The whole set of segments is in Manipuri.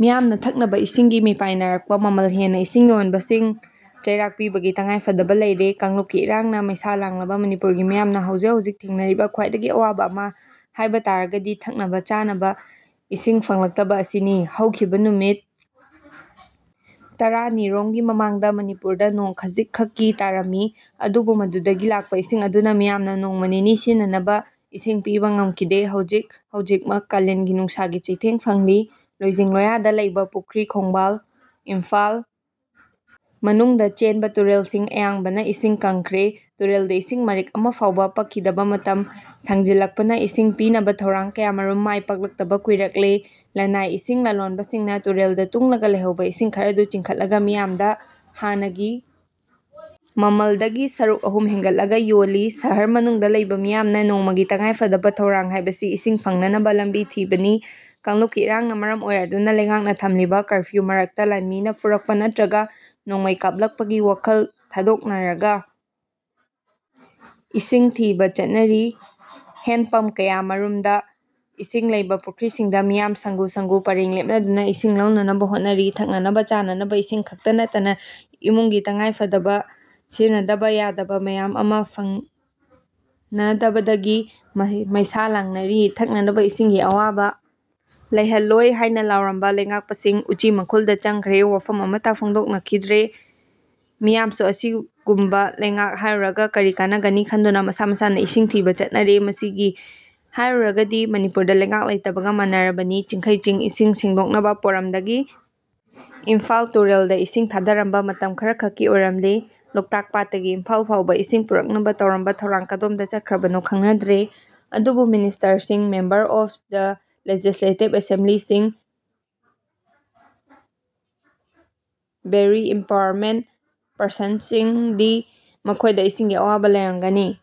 ꯃꯤꯌꯥꯝꯅ ꯊꯛꯅꯕ ꯏꯁꯤꯡꯒꯤ ꯃꯤꯄꯥꯏꯅꯔꯛꯄ ꯃꯃꯜ ꯍꯦꯟꯅ ꯏꯁꯤꯡ ꯌꯣꯟꯕꯁꯤꯡ ꯆꯩꯔꯥꯛ ꯄꯤꯕꯒꯤ ꯇꯉꯥꯏ ꯐꯗꯕ ꯂꯩꯔꯦ꯫ ꯀꯥꯡꯂꯨꯞꯀꯤ ꯏꯔꯥꯡꯅ ꯃꯩꯁꯥ ꯂꯥꯡꯂꯕ ꯃꯅꯤꯄꯨꯔꯒꯤ ꯃꯤꯌꯥꯝꯅ ꯍꯧꯖꯤꯛ ꯍꯧꯖꯤꯛ ꯊꯦꯡꯅꯔꯤꯕ ꯈ꯭ꯋꯥꯏꯗꯒꯤ ꯑꯋꯥꯕ ꯑꯃ ꯍꯥꯏꯕ ꯇꯥꯔꯒꯗꯤ ꯊꯛꯅꯕ-ꯆꯥꯅꯕ ꯏꯁꯤꯡ ꯐꯪꯂꯛꯇꯕ ꯑꯁꯤꯅꯤ꯫ ꯍꯧꯈꯤꯕ ꯅꯨꯃꯤꯠ ꯇꯔꯥ ꯅꯤ ꯔꯣꯝꯒꯤ ꯃꯃꯥꯡꯗ ꯃꯅꯤꯄꯨꯔꯗ ꯅꯣꯡ ꯈꯖꯤꯛ ꯈꯛꯇꯤ ꯇꯥꯔꯝꯃꯤ ꯑꯗꯨꯕꯨ ꯃꯗꯨꯗꯒꯤ ꯂꯥꯛꯄ ꯏꯁꯤꯡ ꯑꯗꯨꯅ ꯃꯤꯌꯥꯝꯅ ꯅꯣꯡꯃ ꯅꯤꯅꯤ ꯁꯤꯖꯤꯟꯅꯅꯕ ꯏꯁꯤꯡ ꯄꯤꯕ ꯉꯝꯈꯤꯗꯦ꯫ ꯍꯧꯖꯤꯛ ꯍꯧꯖꯤꯛꯃꯛ ꯀꯥꯂꯦꯟꯒꯤ ꯅꯨꯡꯁꯥꯒꯤ ꯆꯩꯊꯦꯡ ꯐꯪꯂꯤ꯫ ꯂꯣꯏꯖꯤꯡ ꯂꯣꯏꯌꯥꯗ ꯂꯩꯕ ꯄꯨꯈ꯭ꯔꯤ, ꯈꯣꯡꯕꯥꯜ, ꯏꯝꯐꯥꯜ ꯃꯅꯨꯡꯗ ꯆꯦꯟꯕ ꯇꯨꯔꯦꯜꯁꯤꯡ ꯑꯌꯥꯝꯕꯅ ꯏꯁꯤꯡ ꯀꯪꯈ꯭ꯔꯦ꯫ ꯇꯨꯔꯦꯜꯗ ꯏꯁꯤꯡ ꯃꯔꯤꯛ ꯑꯃ ꯐꯥꯎꯕ ꯄꯛꯈꯤꯗꯕ ꯃꯇꯝ ꯁꯥꯡꯖꯤꯜꯂꯛꯄꯅ ꯏꯁꯤꯡ ꯄꯤꯅꯕ ꯊꯧꯔꯥꯡ ꯀꯌ ꯥꯃꯔꯨꯝ ꯃꯥꯏ ꯄꯥꯛꯂꯛꯇꯕ ꯀꯨꯏꯔꯛꯂꯦ꯫ ꯂꯟꯅꯥꯏ ꯏꯁꯤꯡ ꯂꯂꯣꯟꯕꯁꯤꯡꯅ ꯇꯨꯔꯦꯜꯗ ꯇꯨꯡꯂꯒ ꯂꯩꯍꯧꯕ ꯏꯁꯤꯡ ꯈꯔꯗꯨ ꯆꯤꯡꯈꯠꯂꯒ ꯃꯤꯌꯥꯝꯗ ꯍꯥꯟꯅꯒꯤ ꯃꯃꯜꯗꯒꯤ ꯁꯔꯨꯛ ꯑꯍꯨꯝ ꯍꯦꯟꯒꯠꯂꯒ ꯌꯣꯜꯂꯤ꯫ ꯁꯍꯔ ꯃꯅꯨꯡꯗ ꯂꯩꯕ ꯃꯤꯌꯥꯝꯒꯤ ꯅꯣꯡꯃꯒꯤ ꯇꯉꯥꯏ ꯐꯗꯕ ꯊꯧꯔꯥꯡ ꯍꯥꯏꯕꯁꯤ ꯏꯁꯤꯡ ꯐꯪꯅꯅꯕ ꯂꯝꯕꯤ ꯊꯤꯕꯅꯤ꯫ ꯀꯥꯡꯂꯨꯞꯀꯤ ꯏꯔꯥꯡꯅ ꯃꯔꯝ ꯑꯣꯏꯔꯗꯨꯅ ꯂꯩꯉꯥꯛꯅ ꯊꯝꯂꯤꯕ ꯀꯥꯔꯐ꯭ꯌꯨ ꯃꯔꯛꯇ ꯂꯥꯟꯃꯤꯅ ꯐꯨꯔꯛꯄ ꯅꯠꯇ꯭ꯔꯒ ꯅꯣꯡꯃꯩ ꯀꯥꯞꯂꯛꯄꯒꯤ ꯋꯥꯈꯜ ꯊꯥꯗꯣꯛꯅꯔꯒ ꯏꯁꯤꯡ ꯊꯤꯕ ꯆꯠꯅꯔꯤ꯫ ꯍꯦꯟꯄꯝꯞ ꯀꯌꯥ ꯃꯔꯨꯝꯗ ꯏꯁꯤꯡ ꯂꯩꯕ ꯄꯨꯈ꯭ꯔꯤꯁꯤꯡꯗ ꯃꯤꯌꯥꯝ ꯁꯪꯒꯨ ꯁꯪꯒꯨ ꯄꯔꯦꯡ ꯂꯦꯞꯅꯗꯨꯅ ꯏꯁꯤꯡ ꯂꯧꯅꯅꯕ ꯍꯣꯠꯅꯔꯤ꯫ ꯊꯛꯅꯕ-ꯆꯥꯅꯕ ꯏꯁꯤꯡ ꯈꯛꯇ ꯅꯠꯇꯅ ꯏꯃꯨꯡꯒꯤ ꯇꯉꯥꯏꯐꯗꯕ ꯁꯤꯖꯤꯟꯅꯗꯕ ꯌꯥꯗꯕ ꯃꯌꯥꯝ ꯑꯃ ꯐꯪꯅꯗꯕꯗꯒꯤ ꯃꯩꯁꯥ ꯂꯥꯡꯅꯔꯤ꯫ ꯊꯛꯅꯅꯕ ꯏꯁꯤꯡꯒꯤ ꯑꯋꯥꯕ ꯂꯩꯍꯜꯂꯣꯏ ꯍꯥꯏꯅ ꯂꯥꯎꯔꯝꯕ ꯂꯩꯉꯥꯛꯄꯁꯤꯡ ꯎꯆꯤ ꯃꯈꯨꯜꯗ ꯆꯪꯈ꯭ꯔꯦ꯫ ꯋꯥꯐꯝ ꯑꯃꯠꯇ ꯐꯣꯡꯗꯣꯛꯅꯈꯤꯗ꯭ꯔꯦ꯫ ꯃꯤꯌꯥꯝꯁꯨ ꯑꯁꯤꯒꯨꯝꯕ ꯂꯩꯉꯥꯛꯇ ꯍꯥꯏꯔꯨꯔꯒ ꯀꯔꯤ ꯀꯥꯟꯅꯒꯅꯤ ꯈꯟꯗꯨꯅ ꯃꯁꯥ ꯃꯁꯥꯅ ꯏꯁꯤꯡ ꯊꯤꯕ ꯆꯠꯅꯔꯦ꯫ ꯃꯁꯤꯒꯤ ꯍꯥꯏꯔꯨꯔꯒꯗꯤ ꯃꯅꯤꯄꯨꯔꯗ ꯂꯩꯉꯥꯛ ꯂꯩꯇꯕꯒ ꯃꯥꯟꯅꯔꯕꯅꯤ꯫ ꯆꯤꯡꯈꯩ ꯆꯤꯡ ꯏꯁꯤꯡ ꯁꯦꯡꯗꯣꯛꯅꯕ ꯄꯣꯔꯝꯗꯒꯤ ꯏꯝꯐꯥꯜ ꯇꯨꯔꯦꯜꯗ ꯏꯁꯤꯡ ꯊꯥꯗꯔꯝꯕ ꯃꯇꯝ ꯈꯔ ꯈꯛꯀꯤ ꯑꯣꯏꯔꯝꯂꯦ꯫ ꯂꯣꯛꯇꯥꯛ ꯄꯥꯠꯇꯒꯤ ꯏꯝꯐꯥꯜ ꯐꯥꯎꯕ ꯏꯁꯤꯡ ꯄꯨꯔꯛꯅꯕ ꯇꯧꯔꯝꯕ ꯊꯧꯔꯥꯡ ꯀꯗꯣꯝꯗ ꯆꯠꯈ꯭ꯔꯕꯅꯣ ꯈꯪꯅꯗ꯭ꯔꯦ꯫ ꯑꯗꯨꯕꯨ ꯃꯤꯅꯤꯁꯇꯔꯁꯤꯡ, ꯃꯦꯝꯕꯔ ꯑꯣꯐ ꯗ ꯂꯦꯖꯤꯁꯂꯦꯇꯤꯚ ꯑꯦꯁꯦꯝꯕ꯭ꯂꯤꯁꯤꯡ, ꯚꯦꯔꯤ ꯏꯝꯄꯣꯔꯇꯦꯟꯠ ꯄꯔꯁꯟꯁꯤꯡꯗꯤ ꯃꯈꯣꯏꯗ ꯏꯁꯤꯡꯒꯤ ꯑꯋꯥꯕ ꯂꯩꯔꯝꯒꯅꯤ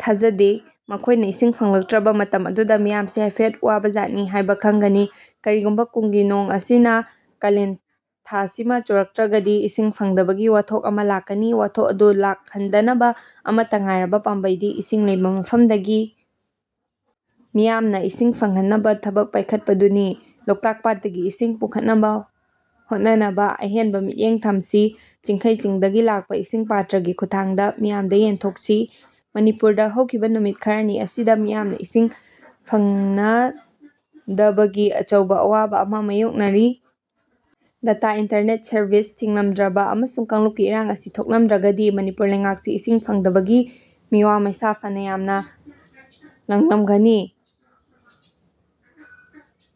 ꯊꯥꯖꯗꯦ꯫ ꯃꯈꯣꯏꯅ ꯏꯁꯤꯡ ꯐꯪꯂꯛꯇ꯭ꯔꯕ ꯃꯇꯝ ꯑꯗꯨꯗ ꯃꯤꯌꯥꯝꯁꯤ ꯍꯥꯏꯐꯦꯠ ꯋꯥꯕꯖꯥꯠꯅꯤ ꯍꯥꯏꯕ ꯈꯪꯒꯅꯤ꯫ ꯀꯔꯤꯒꯨꯝꯕ ꯀꯨꯝꯒꯤ ꯅꯣꯡ ꯑꯁꯤꯅ ꯀꯥꯂꯦꯟ ꯊꯥꯁꯤꯃ ꯆꯨꯔꯛꯇ꯭ꯔꯒꯗꯤ ꯏꯁꯤꯡ ꯐꯪꯗꯕꯒꯤ ꯋꯥꯊꯣꯛ ꯑꯃ ꯂꯥꯛꯀꯅꯤ꯫ ꯋꯥꯊꯣꯛ ꯑꯗꯨ ꯂꯥꯛ ꯍꯟꯗꯅꯕ ꯑꯃꯠꯇ ꯉꯥꯏꯔꯕ ꯄꯥꯝꯕꯩꯗꯤ ꯏꯁꯤꯡ ꯂꯩꯕ ꯃꯐꯝꯗꯒꯤ ꯃꯤꯌꯥꯝꯅ ꯏꯁꯤꯡ ꯐꯪꯍꯟꯅꯕ ꯊꯕꯛ ꯄꯥꯏꯈꯠꯄꯗꯨꯅꯤ꯫ ꯂꯣꯛꯇꯥꯛ ꯄꯥꯠꯇꯒꯤ ꯏꯁꯤꯡ ꯄꯨꯈꯠꯅꯕ ꯍꯣꯠꯅꯅꯕ ꯑꯍꯦꯟꯕ ꯃꯤꯠꯌꯦꯡ ꯊꯝꯁꯤ꯫ ꯆꯤꯡꯈꯩ ꯆꯤꯡꯗꯒꯤ ꯂꯥꯛꯄ ꯏꯁꯤꯡ ꯄꯥꯇ꯭ꯔꯒꯤ ꯈꯨꯠꯊꯥꯡꯗ ꯃꯤꯌꯥꯝꯗ ꯌꯦꯟꯊꯣꯛꯁꯤ꯫ ꯃꯅꯤꯄꯨꯔꯗ ꯍꯧꯈꯤꯕ ꯅꯨꯃꯤꯠ ꯈꯔꯅꯤ ꯑꯁꯤꯗ ꯃꯤꯌꯥꯝꯅ ꯏꯁꯤꯡ ꯐꯪꯅꯗꯕꯒꯤ ꯑꯆꯧꯕ ꯑꯋꯥꯕ ꯑꯃ ꯃꯥꯌꯣꯛꯅꯔꯤ꯫ ꯗꯥꯇꯥ ꯏꯟꯇꯔꯅꯦꯠ ꯁꯥꯔꯚꯤꯁ ꯊꯤꯡꯂꯝꯗ꯭ꯔꯕ ꯑꯃꯁꯨꯡ ꯀꯥꯡꯂꯨꯞꯀꯤ ꯏꯔꯥꯡ ꯑꯁꯤ ꯊꯣꯛꯂꯝꯗ꯭ꯔꯒꯗꯤ ꯃꯅꯤꯄꯨꯔ ꯂꯩꯉꯥꯛꯁꯤ ꯏꯁꯤꯡ ꯐꯪꯗꯕꯗꯒꯤ ꯃꯤꯋꯥ ꯃꯩꯁꯥ ꯐꯅ ꯌꯥꯝꯅ ꯂꯥꯡꯂꯝꯒꯅꯤ꯫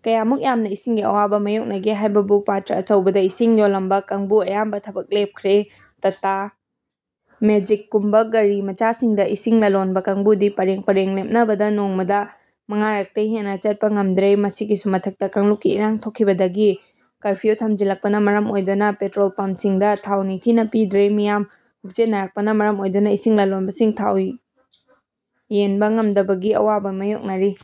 ꯀꯌꯥꯃꯨꯛ ꯌꯥꯝꯅ ꯏꯁꯤꯡꯒꯤ ꯑꯋꯥꯕ ꯃꯥꯌꯣꯛꯅꯒꯦ ꯍꯥꯏꯕꯕꯨ ꯄꯥꯇ꯭ꯔ ꯑꯆꯧꯕꯗ ꯏꯁꯤꯡ ꯌꯣꯜꯂꯝꯕ ꯀꯥꯡꯕꯨ ꯑꯌꯥꯝꯕ ꯊꯕꯛ ꯂꯦꯞꯈ꯭ꯔꯦ꯫ ꯇꯥꯇꯥ ꯃꯦꯖꯤꯛ ꯀꯨꯝꯕ ꯒꯥꯔꯤ ꯃꯆꯥꯁꯤꯡꯗ ꯏꯁꯤꯡ ꯂꯂꯣꯟꯕ ꯀꯥꯡꯕꯨꯗꯤ ꯄꯔꯦꯡ ꯄꯔꯦꯡ ꯂꯦꯞꯅꯕꯗ ꯅꯣꯡꯃꯗ ꯃꯉꯥꯔꯛꯇꯩ ꯍꯦꯟꯅ ꯆꯠꯄ ꯉꯝꯗ꯭ꯔꯦ꯫ ꯃꯁꯤꯒꯤꯁꯨ ꯃꯊꯛꯇ ꯀꯥꯡꯂꯨꯞꯀꯤ ꯏꯔꯥꯡ ꯊꯣꯛꯈꯤꯕꯗꯒꯤ ꯀꯥꯔꯐ꯭ꯌꯨ ꯊꯝꯖꯤꯜꯂꯛꯄꯅ ꯃꯔꯝ ꯑꯣꯏꯗꯨꯅ ꯄꯦꯇ꯭ꯔꯣꯜ ꯄꯝꯞꯁꯤꯡꯗ ꯊꯥꯎ ꯅꯤꯡꯊꯤꯅ ꯄꯤꯗ꯭ꯔꯦ꯫ ꯃꯤꯌꯥꯝ ꯍꯨꯞꯆꯤꯟꯅꯔꯛꯄꯅ ꯃꯔꯝ ꯑꯣꯏꯗꯨꯅ ꯏꯁꯤꯡ ꯂꯂꯣꯟꯕꯁꯤꯡ ꯊꯥꯎ ꯌꯦꯟꯕ ꯉꯝꯗꯕꯒꯤ ꯑꯋꯥꯕ ꯃꯥꯌꯣꯛꯅꯔꯤ꯫